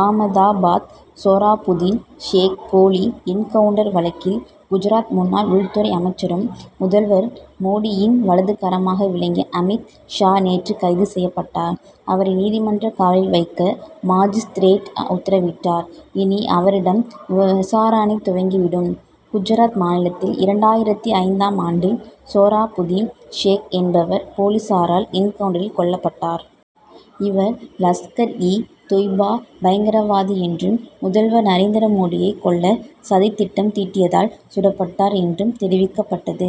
ஆமதாபாத்சொராபுதீன் ஷேக் போலி என்கவுன்டர் வழக்கில், குஜராத் முன்னாள் உள்துறை அமைச்சரும் முதல்வர் மோடியின் வலதுகரமாக விளங்கிய அமீத் ஷா நேற்று கைது செய்யப்பட்டார். அவரை, நீதிமன்றக் காவலில் வைக்க மாஜிஸ்திரேட் உத்தரவிட்டார். இனி அவரிடம் விசாரணை துவங்கி விடும். குஜராத் மாநிலத்தில், இரண்டாயிரத்தி ஐந்தாம் ஆண்டில் சொராபுதீன் ஷேக் என்பவர் போலீசாரால் என்கவுன்டரில் கொல்லப்பட்டார். இவர், லஷ்கர் -இ தொய்பா பயங்கரவாதி என்றும், முதல்வர் நரேந்திர மோடியை கொல்ல சதித் திட்டம் தீட்டியதால் சுடப்பட்டார் என்றும் தெரிவிக்கப்பட்டது.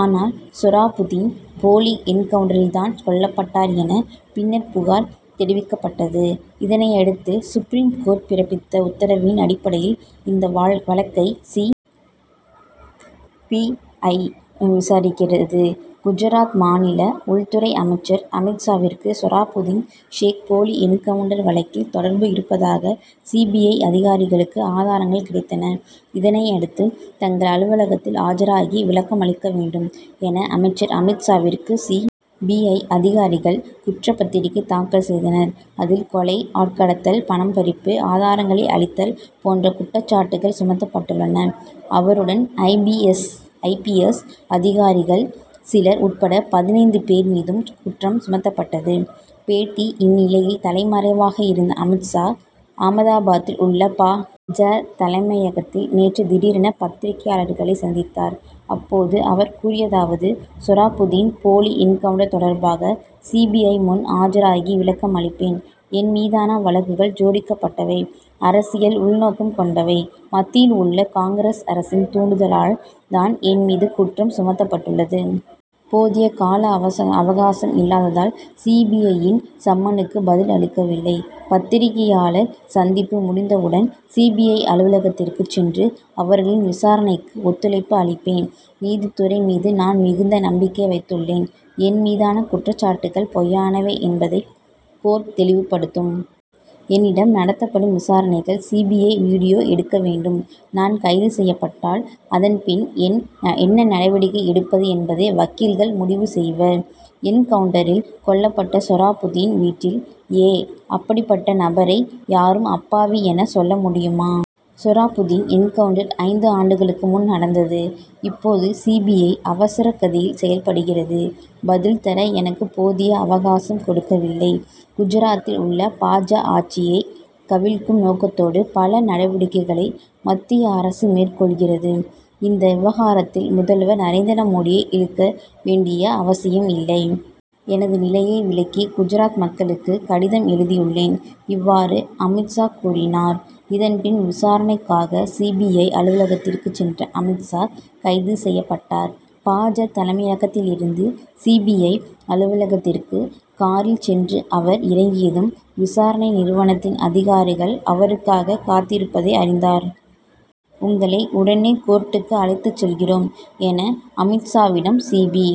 ஆனால், சொராபுதீன் போலி என்கவுன்டரில் தான் கொல்லப்பட்டார் என, பின்னர் புகார் தெரிவிக்கப்பட்டது. இதனையடுத்து, சுப்ரீம் கோர்ட் பிறப்பித்த உத்தரவின் அடிப்படையில், இந்த வழக்கை சி. பி. ஐ., விசாரிக்கிறது. குஜராத் மாநில உள்துறை அமைச்சர் அமீத் ஷாவிற்கு, சொராபுதீன் ஷேக் போலி என்கவுன்டர் வழக்கில் தொடர்பு இருப்பதாக சி. பி. ஐ., அதிகாரிகளுக்கு ஆதாரங்கள் கிடைத்தன. இதனையடுத்து, தங்கள் அலுவலகத்தில் ஆஜராகி விளக்கம் அளிக்க வேண்டும் என, அமைச்சர் அமீத் ஷாவிற்கு சி. பி. ஐ., அதிகாரிகள் குற்றப்பத்திரிகை தாக்கல் செய்தனர். அதில், கொலை, ஆட்கடத்தல், பணம் பறிப்பு, ஆதாரங்களை அழித்தல் போன்ற குற்றச்சாட்டுக்கள் சுமத்தப்பட்டுள்ளன. அவருடன் ஐ. பி. எஸ்., அதிகாரிகள் சிலர் உட்பட பதினைந்து பேர் மீதும் குற்றம் சுமத்தப்பட்டது. பேட்டி இந்நிலையில், தலைமறைவாக இருந்த அமீத் ஷா, ஆமதாபாத்தில் உள்ள பா. ஜ., தலைமையகத்தில் நேற்று திடீரென பத்திரிகையாளர்களைச் சந்தித்தார். அப்போது அவர் கூறியதாவதுசொராபுதீன் போலி என்கவுன்டர் தொடர்பாக, சி. பி. ஐ., முன் ஆஜராகி விளக்கம் அளிப்பேன். என் மீதான வழக்குகள் ஜோடிக்கப்பட்டவை. அரசியல் உள்நோக்கம் கொண்டவை. மத்தியில் உள்ள காங்கிரஸ் அரசின் தூண்டுதலால் தான் என் மீது குற்றம் சுமத்தப்பட்டுள்ளது. போதிய கால அவகாசம் இல்லாததால், சி. பி. ஐ.,யின் சம்மனுக்கு பதில் அளிக்கவில்லை. பத்திரிகையாளர் சந்திப்பு முடிந்தவுடன் சி. பி. ஐ., அலுவலகத்திற்கு சென்று, அவர்களின் விசாரணைக்கு ஒத்துழைப்பு அளிப்பேன். நீதித்துறை மீது நான் மிகுந்த நம்பிக்கை வைத்துள்ளேன். என் மீதான குற்றச்சாட்டுக்கள் பொய்யானவை என்பதை கோர்ட் தெளிவுபடுத்தும். என்னிடம் நடத்தப்படும் விசாரணைகள் சி. பி. ஐ., வீடியோ எடுக்க வேண்டும். நான் கைது செய்யப்பட்டால், அதன் பின் என்ன நடவடிக்கை எடுப்பது என்பதை வக்கீல்கள் முடிவு செய்வர். என்கவுன்டரில் கொல்லப்பட்ட சொராபுதீன் வீட்டில் ஏ. அப்படிப்பட்ட நபரை யாரும் அப்பாவி என சொல்ல முடியுமா? சொராபுதீன் என்கவுன்டர் ஐந்து ஆண்டுகளுக்கு முன் நடந்தது. இப்போது சி. பி. ஐ., அவசர கதியில் செயல்படுகிறது. பதில் தர எனக்கு போதிய அவகாசம் கொடுக்கவில்லை. குஜராத்தில் உள்ள பா. ஜ., ஆட்சியை கவிழ்க்கும் நோக்கத்தோடு பல நடவடிக்கைகளை மத்திய அரசு மேற்கொள்கிறது. இந்த விவகாரத்தில் முதல்வர் நரேந்திர மோடியை இழுக்க வேண்டிய அவசியம் இல்லை. எனது நிலையை விளக்கி குஜராத் மக்களுக்கு கடிதம் எழுதியுள்ளேன். இவ்வாறு அமீத் ஷா கூறினார். இதன்பின் விசாரணைக்காக சி. பி. ஐ., அலுவலகத்திற்கு சென்ற அமீத் ஷா, கைது செய்யப்பட்டார். பா. ஜ., தலைமையகத்திலிருந்து சி. பி. ஐ., அலுவலகத்திற்கு காரில் சென்று அவர் இறங்கியதும், விசாரணை நிறுவனத்தின் அதிகாரிகள் அவருக்காக காத்திருப்பதை அறிந்தார். உங்களை உடனே கோர்ட்டிற்கு அழைத்துச் செல்கிறோம் என, அமீத் ஷாவிடம் சி. பி.